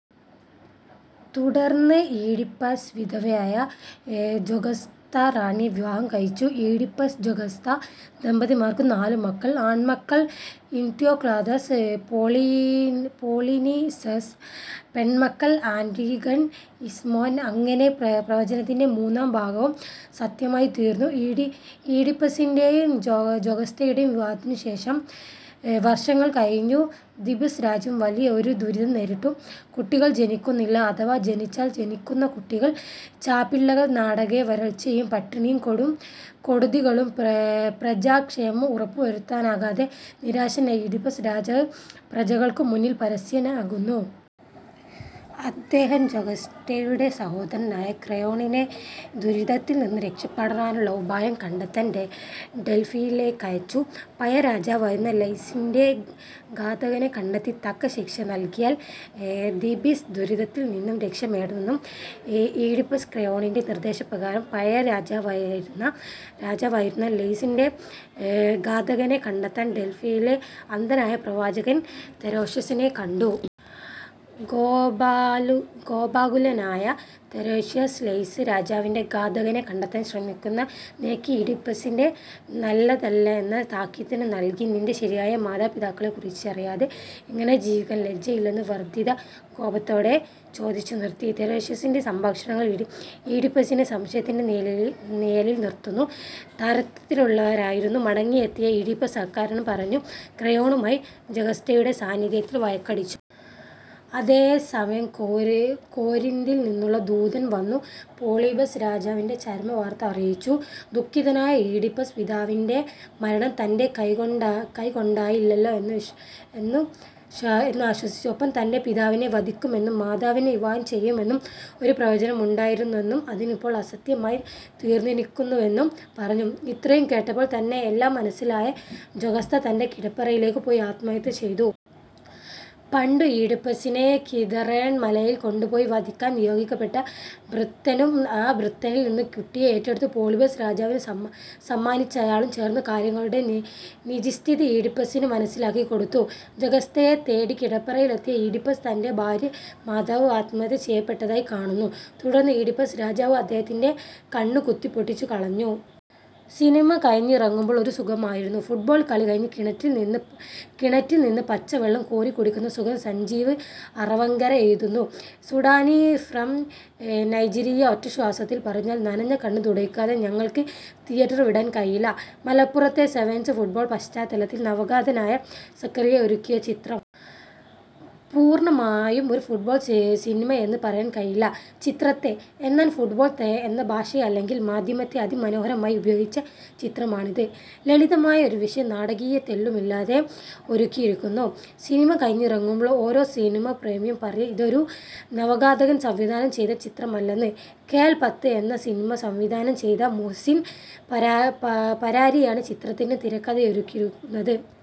തുടർന്നു ഈഡിപ്പസ് വിധവയായ ജൊകാസ്ത റാണിയെ വിവാഹം കഴിച്ചു. ഈഡിപ്പസ്-ജൊകാസ്ത ദമ്പതിമാർക്കു നാലു മക്കൾ; "ആണ്മക്കൾ-ഇട്യോക്ലെദസ്, പൊളീനിസെസ്, പെണ്മക്കൾ-ആന്റിഗെൺ, ഇസ്മേൻ". അങ്ങനെ പ്രവചനത്തിന്റെ മൂന്നാം ഭാഗവും സത്യമായിത്തീർന്നു. ഈഡിപ്പസിന്റെയും ജൊകാസ്തയുടെയും വിവാഹത്തിനു ശേഷം വർഷങ്ങൾ കഴിഞ്ഞു ഥീബ്സ് രാജ്യം വലിയ ഒരു ദുരിതം നേരിട്ടു. കുട്ടികൾ ജനിക്കുന്നില്ല, അഥവാ ജനിച്ചാൽ ജനിക്കുന്ന കുട്ടികൽ ചാപിള്ളകൾനാടാകെ വരൾച്ചയും പട്ടിണിയും കെടുതികളുംപ്രജാ-ക്ഷേമം ഉറപ്പു വരുത്താനാകാതെ നിരാശനായ ഈഡിപ്പസ് രാജാവ് പ്രജകൾക്കു മുന്നിൽ പരിഹാസ്യനാകുന്നു. അദ്ദേഹം ജൊകാസ്തയുടെ സഹോദരനായ ക്രയോണിനെ ദുരിതത്തിൽ നിന്നും രക്ഷപെടാനുള്ള ഉപായം കണ്ടെത്താൻ ഡൽഫിയിലേക്കയച്ചു. പഴയ രാജാവായിരുന്ന ലൈയ്സിന്റെ ഘാതകനെ കണ്ടെത്തി തക്ക ശിക്ഷനൽകിയാൽ ഥീബ്സ് ദുരിതത്തിൽനിന്നും രക്ഷനേടാമെന്നും ഈഡിപ്പസ് അറിയുന്നു. ഈഡിപ്പസ് ക്രയോണിന്റെ നിർദ്ദേശപ്രകാരം പഴയ രാജാവായിരുന്ന ലൈയ്സിന്റെ ഘാതകനെ കണ്ടെത്താൻ ഡൽഫിയിലെ അന്ധനായ പ്രവാചകൻ തെരേഷ്യാസിനെ കണ്ടു. കോപാകുലനായ തെരേഷ്യാസ് ലൈയ്സ് രാജാവിന്റെ ഘാതകനെ കണ്ടെത്താൻ ശ്രമിക്കുന്ന "നിനക്ക്", ഈഡിപ്പസ്സിനു നല്ലതല്ലായെന്ന താക്കീതു നൽകി. നിന്റെ ശരിയായ മാതാ-പിതാക്കളെക്കുറിച്ചറിയാതെ ഇങ്ങനെ ജീവിക്കാൻ ലജ്ജയില്ലേയെന്നു വർദ്ദിത-കോപത്തോടെ ചൊദിച്ചു നിർത്തി. തെരേഷ്യാസിന്റെ സംഭാഷണങ്ങൾ ഈഡിപ്പസിനെ സംശയത്തിന്റെ നിഴലിൽ നിർത്തുന്ന തരത്തിലുള്ളവയായിരുന്നു. മടങ്ങിയെത്തിയ ഈഡിപ്പസ് അക്കാരണം പറഞ്ഞു ക്രയോണുമായി ജൊകസ്തയുടെ സാന്നിദ്ധ്യത്തിൽ വഴക്കടിച്ചു. അതേ സമയം കോരിന്ദിൽ നിന്നുള്ള ദൂതൻ വന്നു പോളിബസ് രാജാവിന്റെ ചരമ വാർത്ത അറിയിച്ചു. ദുഖിതനായ ഈഡിപ്പസ് പിതാവിന്റെ മരണം തന്റെ തന്റെ കൈകൊണ്ടായില്ലല്ലോ എന്നാശ്വസിച്ചു. ഒപ്പം തന്റെ പിതാവിനെ വധിക്കുമെന്നും മാതാവിനെ വിവാഹം ചെയ്യുമെന്നുമുള്ള ഒരു പ്രവചനമുണ്ടായിരുന്നെന്നും അതിപ്പോൾ അസത്യമായി തീർന്നിരിക്കുന്നുവെന്നും പറഞ്ഞു. ഇത്രയും കേട്ടപ്പോൾതന്നെ എല്ലാം മനസ്സിലായ ജൊകാസ്ത തന്റെ കിടപ്പറയിലേക്കു പോയി ആത്മഹത്യ ചെയ്തു. പണ്ടു ഈഡിപ്പസ്സിനെ കിഥറൊൺ മലയിൽ കൊണ്ടുപോയി വധിക്കാൻ നിയോഗിക്കപ്പെട്ട ഭൃത്യനും ആ ഭൃത്യനിൽ നിന്നുംകുട്ടിയെ ഏറ്റെടുത്ത് പോളിബസ് രാജവിനു സമ്മാനിച്ചയാളും ചേർന്നു കാര്യങ്ങളുടെ നിജസ്ഥിതി ഈഡിപ്പസിനു മനസ്സിലാക്കിക്കൊടുത്തു. ജൊകാസ്തയെ തേടി കിടപ്പറയിലെത്തിയ ഈഡിപ്പസ് തന്റെ ഭാര്യ/മാതാവ് ആത്മഹത്യ ചെയ്യപ്പെട്ടതായി കാണുന്നു. തുടർന്നു ഈഡിപ്പസ് രാജാവ് അദ്ദേഹത്തിന്റെ കണ്ണു കുത്തിപ്പൊട്ടിച്ചു കളഞ്ഞു. സിനിമ കഴിഞ്ഞിറങ്ങുമ്പോൾ ഒരു സുഖമായിരുന്നു. ഫുട്ബോൾ കളി കഴിഞ്ഞ് കിണറ്റിൽ നിന്ന് പച്ചവെള്ളം കോരി കുടിക്കുന്ന സുഖം സജീഷ് അറവങ്കര എഴുതുന്നു. സുഡാനി ഫ്രം നൈജീരിയ ഒറ്റ ശ്വാസത്തിൽ പറഞ്ഞാൽ, നനഞ്ഞ കണ്ണ് തുടയ്ക്കാതെ നിങ്ങൾക്ക് തിയേറ്റർ വിടാൻ കഴിയില്ല. മലപ്പുറത്തെ സെവൻസ് ഫുട്ബോൾ പശ്ചാത്തലത്തിൽ നവാഗതനായ സക്കറിയ ഒരുക്കിയ ചിത്രം. പൂർണമായും ഒരു ഫുട്ബോൾ സിനിമയെന്ന് പറയാൻ കഴിയില്ല ചിത്രത്തെ. എന്നാൻ, ഫുട്ബോൾ എന്ന ഭാഷയെ അല്ലെങ്കിൽ മാധ്യമത്തെ അതിമനോഹരമായി ഉപയോഗിച്ച ചിത്രമാണിത്. ലളിതമായ ഒരു വിഷയം നാടകീയത തെല്ലുമില്ലാതെ ഒരുക്കിയിരിക്കുന്നു. സിനിമ കഴിഞ്ഞിറങ്ങുമ്പോൾ ഓരോ സിനിമാപ്രേമിയും പറയും ഇതൊരു നവാഗതൻ സംവിധാനം ചെയ്ത ചിത്രമല്ലെന്ന്. കെഎൽ പത്ത് എന്ന സിനിമ സംവിധാനം ചെയ്ത മുഹ്സിൻ പരാരിയാണ് ചിത്രത്തിന് തിരക്കഥയൊരുക്കിയിരിക്കുന്നത്.